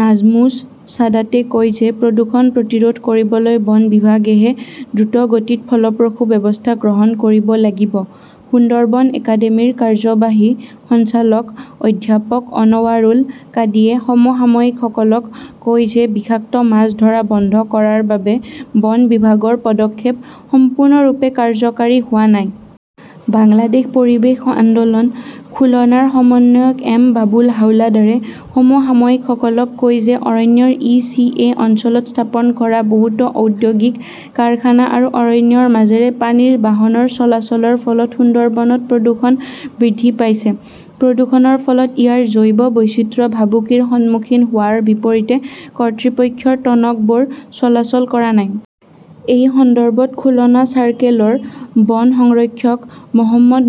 নাজমুছ ছাদাতে কয় যে প্ৰদূষণ প্ৰতিৰোধ কৰিবলৈ বন বিভাগেহে দ্ৰুতগতিত ফলপ্ৰসূ ব্যৱস্থা গ্ৰহণ কৰিব লাগিব। সুন্দৰবন একাডেমীৰ কাৰ্যবাহী সঞ্চালক অধ্যাপক অনৱাৰুল কাদিয়ে সমসাময়িকসকলক কয় যে বিষাক্ত মাছ ধৰা বন্ধ কৰাৰ বাবে বন বিভাগৰ পদক্ষেপ সম্পূৰ্ণৰূপে কাৰ্যকৰী হোৱা নাই। বাংলাদেশ পৰিৱেশ আন্দোলন খুলনাৰ সমন্বয়ক এম বাবুল হাওলাডাৰে সমসাময়িকসকলক কয় যে অৰণ্যৰ ই. চি. এ. অঞ্চলত স্থাপন কৰা বহুতো ঔদ্যোগিক কাৰখানা আৰু অৰণ্যৰ মাজেৰে পানীৰ বাহনৰ চলাচলৰ ফলত সুন্দৰবনত প্ৰদূষণ বৃদ্ধি পাইছে। প্ৰদূষণৰ ফলত ইয়াৰ জৈৱ বৈচিত্ৰ্য ভাবুকিৰ সন্মুখীন হোৱাৰ বিপৰীতে কৰ্তৃপক্ষৰ টনকবোৰ চলাচল কৰা নাই। এই সন্দৰ্ভত খুলনা চাৰ্কেলৰ বন সংৰক্ষক মো.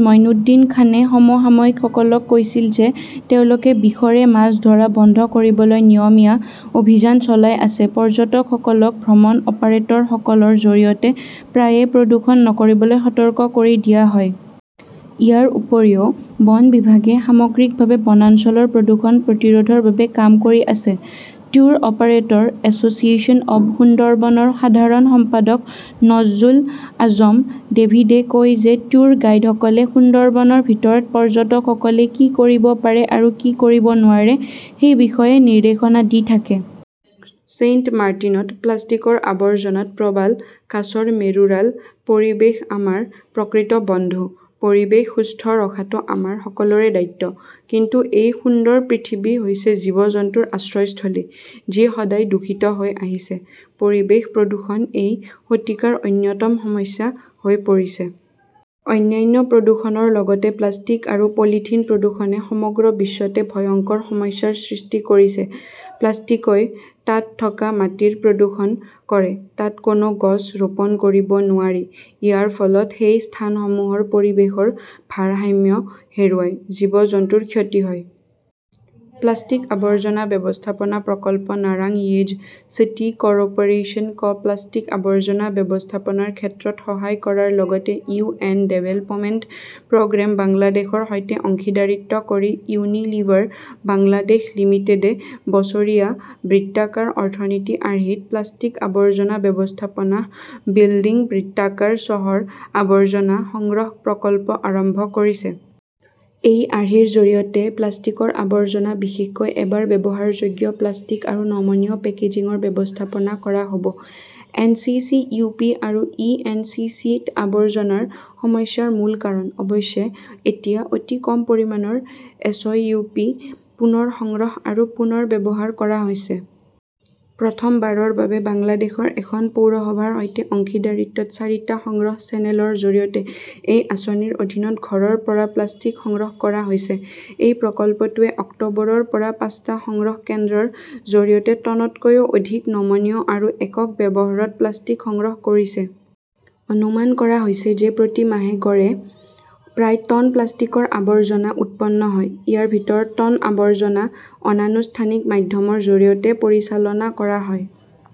মইনুদ্দিন খানে সমসাময়িকসকলক কৈছিল যে তেওঁলোকে বিষৰে মাছ ধৰা বন্ধ কৰিবলৈ নিয়মীয়া অভিযান চলাই আছে। পৰ্যটকসকলক ভ্ৰমণ অপাৰেটৰসকলৰ জৰিয়তে প্ৰায়ে প্ৰদূষণ নকৰিবলৈ সতৰ্ক কৰি দিয়া হয়। ইয়াৰ উপৰিও, বন বিভাগে সামগ্ৰিকভাৱে বনাঞ্চলৰ প্ৰদূষণ প্ৰতিৰোধৰ বাবে কাম কৰি আছে। Tour operator "association of Sundarban ৰ সাধাৰণ সম্পাদক নজজুল আজম ডেভিডে কয় যে ট্যুৰ গাইডসকলে সুন্দৰবনৰ ভিতৰত পৰ্যটকসকলে কি কৰিব পাৰে আৰু কি কৰিব নোৱাৰে সেই বিষয়ে নিৰ্দেশনা দি থাকে। ছেইণ্টমাৰ্টিনত প্লাষ্টিকৰ আৱৰ্জনাত প্ৰবাল, কাছৰ মেৰুৰাল পৰিৱেশ আমাৰ প্ৰকৃত বন্ধু। পৰিৱেশ সুস্থ ৰখাটো আমাৰ সকলোৰে দায়িত্ব। কিন্তু এই সুন্দৰ পৃথিৱী হৈছে জীৱ-জন্তুৰ আশ্ৰয়স্থলী যি সদায় দূষিত হৈ আহিছে। পৰিৱেশ প্ৰদূষণ এই শতিকাৰ অন্যতম সমস্যা হৈ পৰিছে। অন্যান্য প্ৰদূষণৰ লগতে প্লাষ্টিক আৰু পলিথিন প্ৰদূষণে সমগ্ৰ বিশ্বতে ভয়ংকৰ সমস্যাৰ সৃষ্টি কৰিছে। প্লাষ্টিকই তাত থকা মাটিৰ প্ৰদূষণ কৰে। তাত কোনো গছ ৰোপণ কৰিব নোৱাৰি। ইয়াৰ ফলত সেই স্থানসমূহৰ পৰিৱেশৰ ভাৰসাম্য হেৰুৱায়, জীৱ-জন্তুৰ ক্ষতি হয়। প্লাষ্টিক আৱৰ্জনা ব্যৱস্থাপনা প্ৰকল্প নাৰাংয়েজ চিটি কৰ্পোৰেচন ক প্লাষ্টিক আৱৰ্জনা ব্যৱস্থাপনাৰ ক্ষেত্ৰত সহায় কৰাৰ লগতে ইউ. এন. ডেভেলপমেণ্ট প্ৰগ্ৰেম বাংলাদেশৰ সৈতে অংশীদাৰিত্ব কৰি ইউনিলিভাৰ বাংলাদেশ লিমিটেডে বছৰীয়া বৃত্তাকাৰ অৰ্থনীতি আৰ্হিত 'প্লাষ্টিক আৱৰ্জনা ব্যৱস্থাপনাঃ বিল্ডিং বৃত্তাকাৰ চহৰ' আৱৰ্জনা সংগ্ৰহ প্ৰকল্প আৰম্ভ কৰিছে। এই আৰ্হিৰ জৰিয়তে প্লাষ্টিকৰ আৱৰ্জনা, বিশেষকৈ এবাৰ ব্যৱহাৰযোগ্য প্লাষ্টিক আৰু নমনীয় পেকেজিংৰ ব্যৱস্থাপনা কৰা হ 'ব। N. C. C. U. P. আৰু ই এন. চি. চি. ত আৱৰ্জনাৰ সমস্যাৰ মূল কাৰণ। অৱশ্যে, এতিয়া অতি কম পৰিমাণৰ এছইউপি পুনৰ সংগ্ৰহ আৰু পুনৰ্ব্যৱহাৰ কৰা হৈছে। প্ৰথমবাৰৰ বাবে বাংলাদেশৰ এখন পৌৰসভাৰ সৈতে অংশীদাৰিত্বত চাৰি টা সংগ্ৰহ চেনেলৰ জৰিয়তে এই আঁচনিৰ অধীনত ঘৰৰ পৰা প্লাষ্টিক সংগ্ৰহ কৰা হৈছে। এই প্ৰকল্পটোৱে অক্টোবৰৰ পৰা পাঁচ টা সংগ্ৰহ কেন্দ্ৰৰ জৰিয়তে টনতকৈও অধিক নমনীয় আৰু একক ব্যৱহৃত প্লাষ্টিক সংগ্ৰহ কৰিছে। অনুমান কৰা হৈছে যে প্ৰতি মাহে গড়ে প্ৰায় টন প্লাষ্টিকৰ আৱৰ্জনা উৎপন্ন হয়। ইয়াৰ ভিতৰত টন আৱৰ্জনা অনানুষ্ঠানিক মাধ্যমৰ জৰিয়তে পৰিচালনা কৰা হয়,